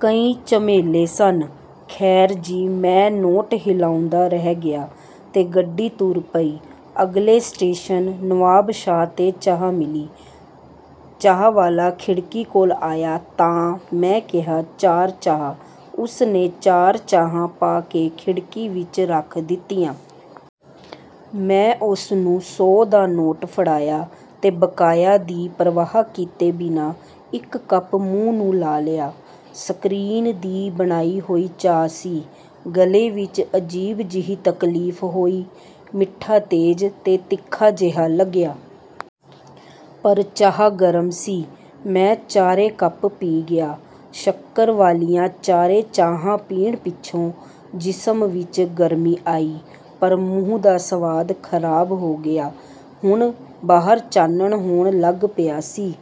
ਕਈ ਝਮੇਲੇ ਸਨ। ਖ਼ੈਰ ਜੀ, ਮੈਂ ਨੋਟ ਹਿਲਾਉਂਦਾ ਰਹਿ ਗਿਆ ਤੇ ਗੱਡੀ ਤੁਰ ਪਈ। ਅਗਲੇ ਸਟੇਸ਼ਨ, ਨਵਾਬਸ਼ਾਹ 'ਤੇ ਚਾਹ ਮਿਲੀ। ਚਾਹ ਵਾਲਾ ਖਿੜਕੀ ਕੋਲ ਆਇਆ ਤਾਂ ਮੈਂ ਕਿਹਾ, "ਚਾਰ ਚਾਹ।" ਉਸ ਨੇ ਚਾਰ ਚਾਹਾਂ ਪਾ ਕੇ ਖਿੜਕੀ ਵਿੱਚ ਰੱਖ ਦਿੱਤੀਆਂ। ਮੈਂ ਉਸ ਨੂੰ ਸੌ ਦਾ ਨੋਟ ਫੜਾਇਆ ਤੇ ਬਕਾਇਆ ਦੀ ਪ੍ਰਵਾਹ ਕੀਤੇ ਬਿਨਾਂ ਇੱਕ ਕੱਪ ਮੂੰਹ ਨੂੰ ਲਾ ਲਿਆ। ਸਕਰੀਨ ਦੀ ਬਣਾਈ ਹੋਈ ਚਾਹ ਸੀ। ਗਲੇ ਵਿੱਚ ਅਜੀਬ ਜਿਹੀ ਤਕਲੀਫ਼ ਹੋਈ। ਮਿੱਠਾ ਤੇਜ਼ ਤੇ ਤਿੱਖਾ ਜਿਹਾ ਲੱਗਿਆ। ਪਰ ਚਾਹ ਗਰਮ ਸੀ। ਮੈਂ ਚਾਰੇ ਕੱਪ ਪੀ ਗਿਆ। ਸ਼ੱਕਰ ਵਾਲੀਆਂ ਚਾਰੇ ਚਾਹਾਂ ਪੀਣ ਪਿੱਛੋਂ ਜਿਸਮ ਵਿੱਚ ਗਰਮੀ ਆਈ, ਪਰ ਮੂੰਹ ਦਾ ਸਵਾਦ ਖ਼ਰਾਬ ਹੋ ਗਿਆ। ਹੁਣ ਬਾਹਰ ਚਾਨਣ ਹੋਣ ਲੱਗ ਪਿਆ ਸੀ।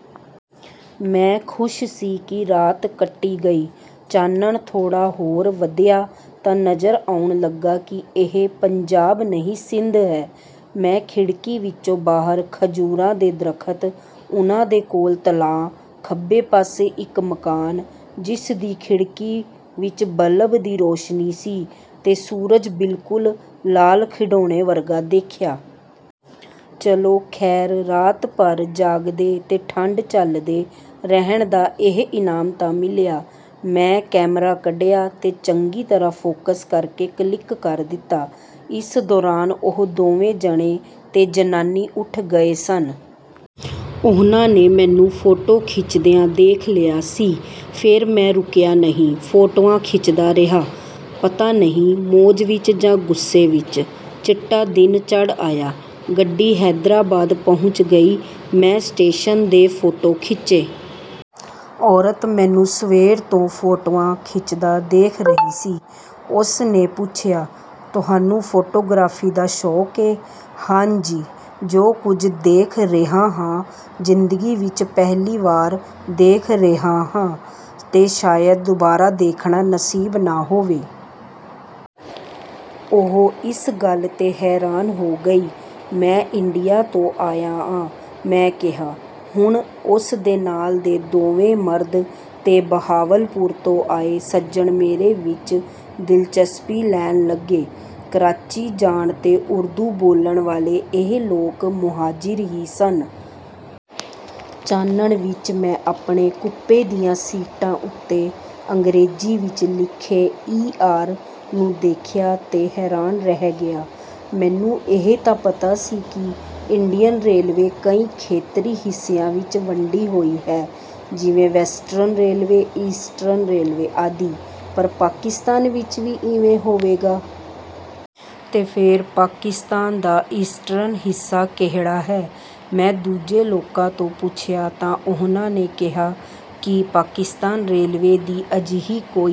ਮੈਂ ਖ਼ੁਸ਼ ਸੀ ਕਿ ਰਾਤ ਕੱਟੀ ਗਈ। ਚਾਨਣ ਥੋੜ੍ਹਾ ਹੋਰ ਵਧਿਆ ਤਾਂ ਨਜ਼ਰ ਆਉਣ ਲੱਗਾ ਕਿ ਇਹ ਪੰਜਾਬ ਨਹੀਂ, ਸਿੰਧ ਹੈ। ਮੈਂ ਖਿੜਕੀ ਵਿੱਚੋਂ ਬਾਹਰ ਖਜੂਰਾਂ ਦੇ ਦਰਖ਼ਤ, ਉਹਨਾਂ ਦੇ ਕੋਲ ਤਲਾਅ, ਖੱਬੇ ਪਾਸੇ ਇੱਕ ਮਕਾਨ, ਜਿਸ ਦੀ ਖਿੜਕੀ ਵਿੱਚ ਬੱਲਬ ਦੀ ਰੋਸ਼ਨੀ ਸੀ, ਤੇ ਸੂਰਜ ਬਿਲਕੁਲ ਲਾਲ ਖਿਡੌਣੇ ਵਰਗਾ ਦੇਖਿਆ। ਚਲੋ ਖ਼ੈਰ, ਰਾਤ ਭਰ ਜਾਗਦੇ ਤੇ ਠੰਡ ਝੱਲਦੇ ਰਹਿਣ ਦਾ ਇਹ ਇਨਾਮ ਤਾਂ ਮਿਲਿਆ। ਮੈਂ ਕੈਮਰਾ ਕੱਢਿਆ ਤੇ ਚੰਗੀ ਤਰ੍ਹਾਂ ਫੋਕਸ ਕਰਕੇ ਕਲਿੱਕ ਕਰ ਦਿੱਤਾ। ਇਸ ਦੌਰਾਨ ਉਹ ਦੋਵੇਂ ਜਣੇ ਤੇ ਜਨਾਨੀ ਉੱਠ ਗਏ ਸਨ। ਉਹਨਾਂ ਨੇ ਮੈਨੂੰ ਫੋਟੋ ਖਿੱਚਦਿਆਂ ਦੇਖ ਲਿਆ ਸੀ। ਫਿਰ ਮੈਂ ਰੁਕਿਆ ਨਹੀਂ। ਫੋਟੋਆਂ ਖਿੱਚਦਾ ਰਿਹਾ। ਪਤਾ ਨਹੀਂ, ਮੌਜ ਵਿੱਚ ਜਾਂ ਗੁੱਸੇ ਵਿੱਚ। ਚਿੱਟਾ ਦਿਨ ਚੜ੍ਹ ਆਇਆ। ਗੱਡੀ ਹੈਦਰਾਬਾਦ ਪਹੁੰਚ ਗਈ। ਮੈਂ ਸਟੇਸ਼ਨ ਦੇ ਫੋਟੋ ਖਿੱਚੇ। ਔਰਤ ਮੈਨੂੰ ਸਵੇਰ ਤੋਂ ਫੋਟੋਆਂ ਖਿੱਚਦਾ ਦੇਖ ਰਹੀ ਸੀ। ਉਸ ਨੇ ਪੁੱਛਿਆ, "ਤੁਹਾਨੂੰ ਫੋਟੋਗ੍ਰਾਫੀ ਦਾ ਸ਼ੌਕ ਏ?" "ਹਾਂ ਜੀ... ਜੋ ਕੁਝ ਦੇਖ ਰਿਹਾ ਹਾਂ, ਜ਼ਿੰਦਗੀ ਵਿੱਚ ਪਹਿਲੀ ਵਾਰ ਦੇਖ ਰਿਹਾ ਹਾਂ ਤੇ ਸ਼ਾਇਦ ਦੁਬਾਰਾ ਦੇਖਣਾ ਨਸੀਬ ਨਾ ਹੋਵੇ।" ਉਹ ਇਸ ਗੱਲ 'ਤੇ ਹੈਰਾਨ ਹੋ ਗਈ। "ਮੈਂ ਇੰਡੀਆ ਤੋਂ ਆਇਆ ਆਂ," ਮੈਂ ਕਿਹਾ। ਹੁਣ ਉਸ ਦੇ ਨਾਲ ਦੇ ਦੋਵੇਂ ਮਰਦ ਤੇ ਬਹਾਵਲਪੁਰ ਤੋਂ ਆਏ ਸੱਜਣ ਮੇਰੇ ਵਿੱਚ ਦਿਲਚਸਪੀ ਲੈਣ ਲੱਗੇ। ਕਰਾਚੀ ਜਾਣ ਤੇ ਉਰਦੂ ਬੋਲਣ ਵਾਲੇ ਇਹ ਲੋਕ 'ਮੁਹਾਜਿਰ' ਹੀ ਸਨ। ਚਾਨਣ ਵਿੱਚ ਮੈਂ ਆਪਣੇ ਕੂਪੇ ਦੀਆਂ ਸੀਟਾਂ ਉੱਤੇ ਅੰਗਰੇਜ਼ੀ ਵਿੱਚ ਲਿਖੇ 'ਈ. ਆਰ.' ਨੂੰ ਦੇਖਿਆ ਤੇ ਹੈਰਾਨ ਰਹਿ ਗਿਆ। ਮੈਨੂੰ ਇਹ ਤਾਂ ਪਤਾ ਸੀ ਕਿ ਇੰਡੀਅਨ ਰੇਲਵੇ ਕਈ ਖੇਤਰੀ ਹਿੱਸਿਆਂ ਵਿੱਚ ਵੰਡੀ ਹੋਈ ਹੈ, ਜਿਵੇਂ ਵੈਸਟਰਨ ਰੇਲਵੇ, ਈਸਟਰਨ ਰੇਲਵੇ ਆਦਿ, ਪਰ ਪਾਕਿਸਤਾਨ ਵਿੱਚ ਵੀ ਇਵੇਂ ਹੋਵੇਗਾ? ਤੇ ਫਿਰ ਪਾਕਿਸਤਾਨ ਦਾ ਈਸਟਰਨ ਹਿੱਸਾ ਕਿਹੜਾ ਹੈ? ਮੈਂ ਦੂਜੇ ਲੋਕਾਂ ਤੋਂ ਪੁੱਛਿਆ ਤਾਂ ਉਹਨਾਂ ਨੇ ਕਿਹਾ ਕਿ ਪਾਕਿਸਤਾਨ ਰੇਲਵੇ ਦੀ ਅਜਿਹੀ ਕੋਈ...